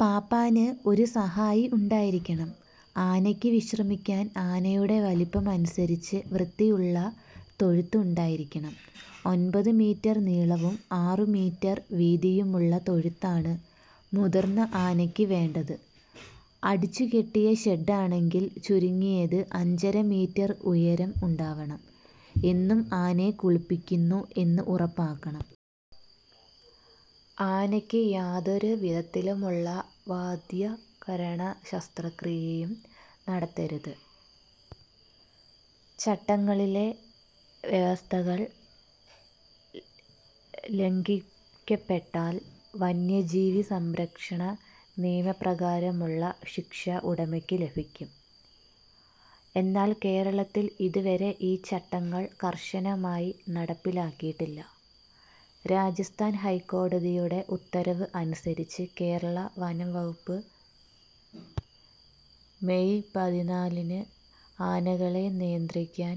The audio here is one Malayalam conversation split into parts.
പാപ്പാന് ഒരു സഹായി ഉണ്ടായിരിക്കണം. ആനയ്ക്ക് വിശ്രമിക്കാൻ ആനയുടെ വലിപ്പം അനുസരിച്ച് വൃത്തിയുള്ള തൊഴുത്ത് ഉണ്ടായിരിക്കണം. ഒമ്പതു മീറ്റർ നീളവും ആറു മീറ്റർ വീതിയുമുള്ള തൊഴുത്താണ് മുതിർന്ന ആനയ്ക്ക് വേണ്ടത്. അടിച്ചുകെട്ടിയ ഷെഡ്ഡാണെങ്കിൽ ചുരുങ്ങിയത് അഞ്ചര മീറ്റർ ഉയരം ഉണ്ടാവണം. എന്നും ആനയെ കുളിപ്പിക്കുന്നു എന്ന് ഉറപ്പാക്കണം. ആനയ്ക്ക് യാതൊരു വിധത്തിലുമുള്ള വാദ്യകരണ ശസ്ത്രക്രിയയും നടത്തരുത്. ചട്ടങ്ങളിലെ വ്യവസ്ഥകൾ ലംഘിക്കപ്പെട്ടാൽ വന്യജീവി സംരക്ഷണ നിയമപ്രകാരമുള്ള ശിക്ഷ ഉടമയ്ക്കു ലഭിക്കും. എന്നാൽ കേരളത്തിൽ ഇതുവരെ ഈ ചട്ടങ്ങൾ കർശനമായി നടപ്പിലാക്കിയിട്ടില്ല. രാജസ്ഥാൻ ഹൈക്കോടതിയുടെ ഉത്തരവ് അനുസരിച്ച് കേരള വനം വകുപ്പ് മെയ് പതിനാലിന് ആനകളെ നിയന്ത്രിക്കാൻ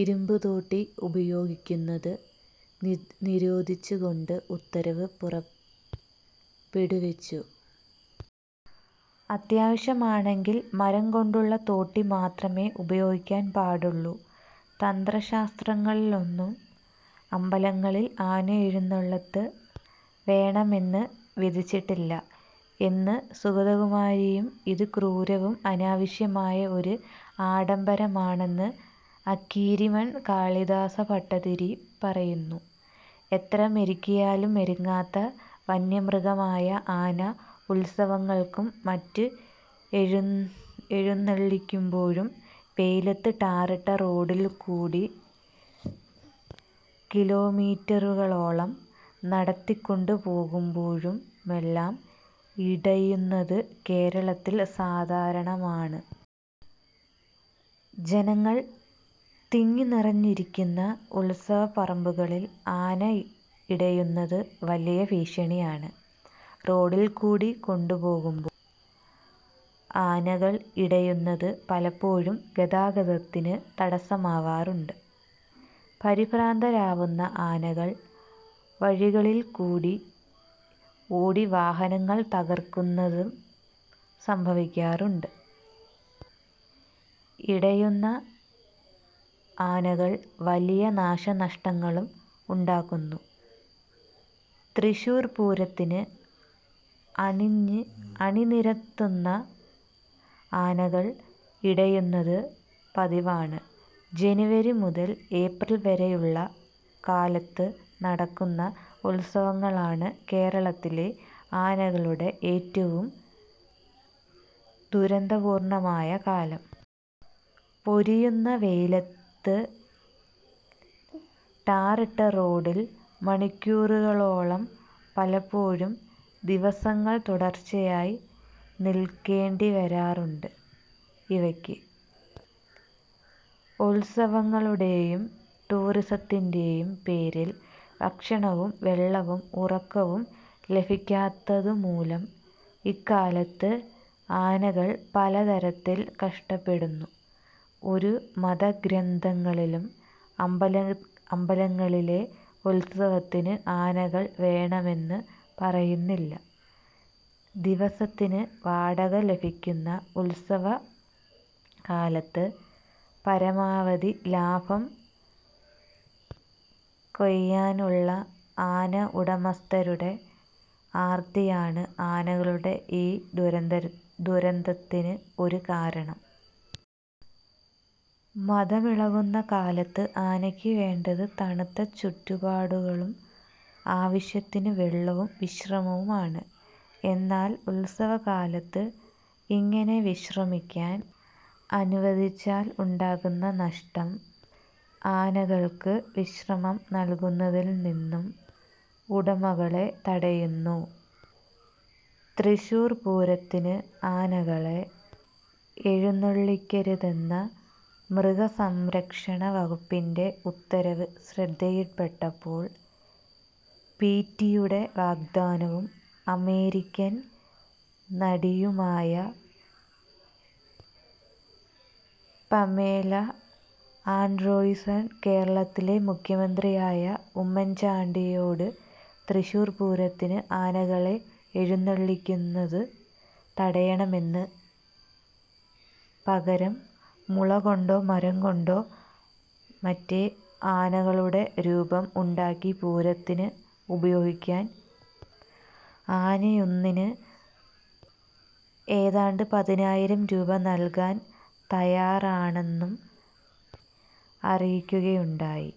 ഇരുമ്പുതോട്ടി ഉപയോഗിക്കുന്നത് നി നിരോധിച്ചുകൊണ്ട് ഉത്തരവ് പുറപ്പെടുവിച്ചു. അത്യാവശ്യമാണെങ്കിൽ മരം കൊണ്ടുള്ള തോട്ടി മാത്രമേ ഉപയോഗിക്കാൻ പാടുള്ളൂ. തന്ത്രശാസ്ത്രങ്ങളിലൊന്നും അമ്പലങ്ങളിൽ ആനയെഴുന്നള്ളത്ത് വേണമെന്ന് വിധിച്ചിട്ടില്ല എന്നു സുഗതകുമാരിയും ഇത് ക്രൂരവും അനാവശ്യമായ ഒരു ആഡംബരമാണെന്ന് അക്കീരിമൺ കാളിദാസ ഭട്ടത്തിരി പറയുന്നു. എത്ര മെരുക്കിയാലും മെരുങ്ങാത്ത വന്യമൃഗമായ ആന ഉൽസവങ്ങൾക്കും മറ്റ് എഴുന്നള്ളിക്കുമ്പോഴും വെയിലത്ത് ടാറിട്ട റോഡിൽക്കൂടി കിലോമീറ്ററുകളോളം നടത്തിക്കൊണ്ടുപോവുമ്പോഴുമെല്ലാം ഇടയുന്നത് കേരളത്തിൽ സാധാരണമാണ്. ജനങ്ങൾ തിങ്ങിനിറഞ്ഞിരിക്കുന്ന ഉൽസവപ്പറമ്പുകളിൽ ആന ഇടയുന്നത് വലിയ ഭീഷണിയാണ്. റോഡിൽക്കൂടി കൊണ്ടുപോകുമ്പോൾ ആനകൾ ഇടയുന്നത് പലപ്പോഴും ഗതാഗതത്തിന് തടസ്സമാവാറുണ്ട്. പരിഭ്രാന്തരാവുന്ന ആനകൾ വഴികളിൽക്കൂടി ഓടി വാഹനങ്ങൾ തകർക്കുന്നതും സംഭവിക്കാറുണ്ട്. ഇടയുന്ന ആനകൾ വലിയ നാശനഷ്ടങ്ങളും ഉണ്ടാക്കുന്നു. തൃശൂർ പൂരത്തിന് അണിഞ്ഞ് അണിനിരത്തുന്ന ആനകൾ ഇടയുന്നത് പതിവാണ്. ജനുവരി മുതൻ ഏപ്രിൽ വരെയുള്ള കാലത്ത് നടക്കുന്ന ഉൽസവങ്ങളാണ് കേരളത്തിലെ ആനകളുടെ ഏറ്റവും ദുരന്തപൂർണ്ണമായ കാലം. പൊരിയുന്ന വെയിലത്ത് ടാറിട്ട റോഡിൽ മണിക്കൂറുകളോളം, പലപ്പോഴും ദിവസങ്ങൾ തുടർച്ചയായി നിൽക്കേണ്ടിവരാറുണ്ട് ഇവയ്ക്ക്. ഉൽസവങ്ങളുടെയും ടൂറിസത്തിൻ്റെയും പേരിൽ ഭക്ഷണവും വെള്ളവും ഉറക്കവും ലഭിക്കാത്തതുമൂലം ഇക്കാലത്ത് ആനകൾ പലതരത്തിൽ കഷ്ടപ്പെടുന്നു. ഒരു മതഗ്രന്ഥങ്ങളിലും അമ്പലങ്ങളിലെ ഉൽസവത്തിന് ആനകൾ വേണമെന്നു പറയുന്നില്ല. ദിവസത്തിന് വാടക ലഭിക്കുന്ന ഉൽസവകാലത്ത് പരമാവധി ലാഭം കൊയ്യാനുള്ള ആന ഉടമസ്ഥരുടെ ആർത്തിയാണ് ആനകളുടെ ഈ ദുരന്ത ദുരന്തത്തിന് ഒരു കാരണം. മദമിളകുന്ന കാലത്ത് ആനയ്ക്ക് വേണ്ടത് തണുത്ത ചുറ്റുപാടുകളും ആവശ്യത്തിനു വെള്ളവും വിശ്രമവുമാണ്, എന്നാൽ ഉൽസവകാലത്ത് ഇങ്ങനെ വിശ്രമിക്കാൻ അനുവദിച്ചാൽ ഉണ്ടാവുന്ന നഷ്ടം ആനകൾക്ക് വിശ്രമം നൽകുന്നതിൽ നിന്നും ഉടമകളെ തടയുന്നു. തൃശൂർപൂരത്തിന് ആനകളെ എഴുന്നള്ളിക്കരുതെന്ന മൃഗസംരക്ഷണ വകുപ്പിൻ്റെ ഉത്തരവ് ശ്രദ്ധയിൽപ്പെട്ടപ്പോൾ പീറ്റിയുടെ വാഗ്ദാനവും അമേരിക്കൻ നടിയുമായ പമേല ആൻഡ്രോഴ്സൺ കേരളത്തിലെ മുഖ്യമന്ത്രിയായ ഉമ്മൻ ചാണ്ടിയോട് തൃശൂർ പൂരത്തിന് ആനകളെ എഴുന്നള്ളിക്കുന്നത് തടയണമെന്ന് പകരം മുളകൊണ്ടോ മരംകൊണ്ടോ മറ്റേ ആനകളുടെ രൂപം ഉണ്ടാക്കി പൂരത്തിന് ഉപയോഗിക്കാൻ ആനയൊന്നിന് ഏതാണ്ട് പതിനായിരം രൂപ നൽകാൻ തയ്യാറാണെന്നും അറിയിക്കുകയുണ്ടായി.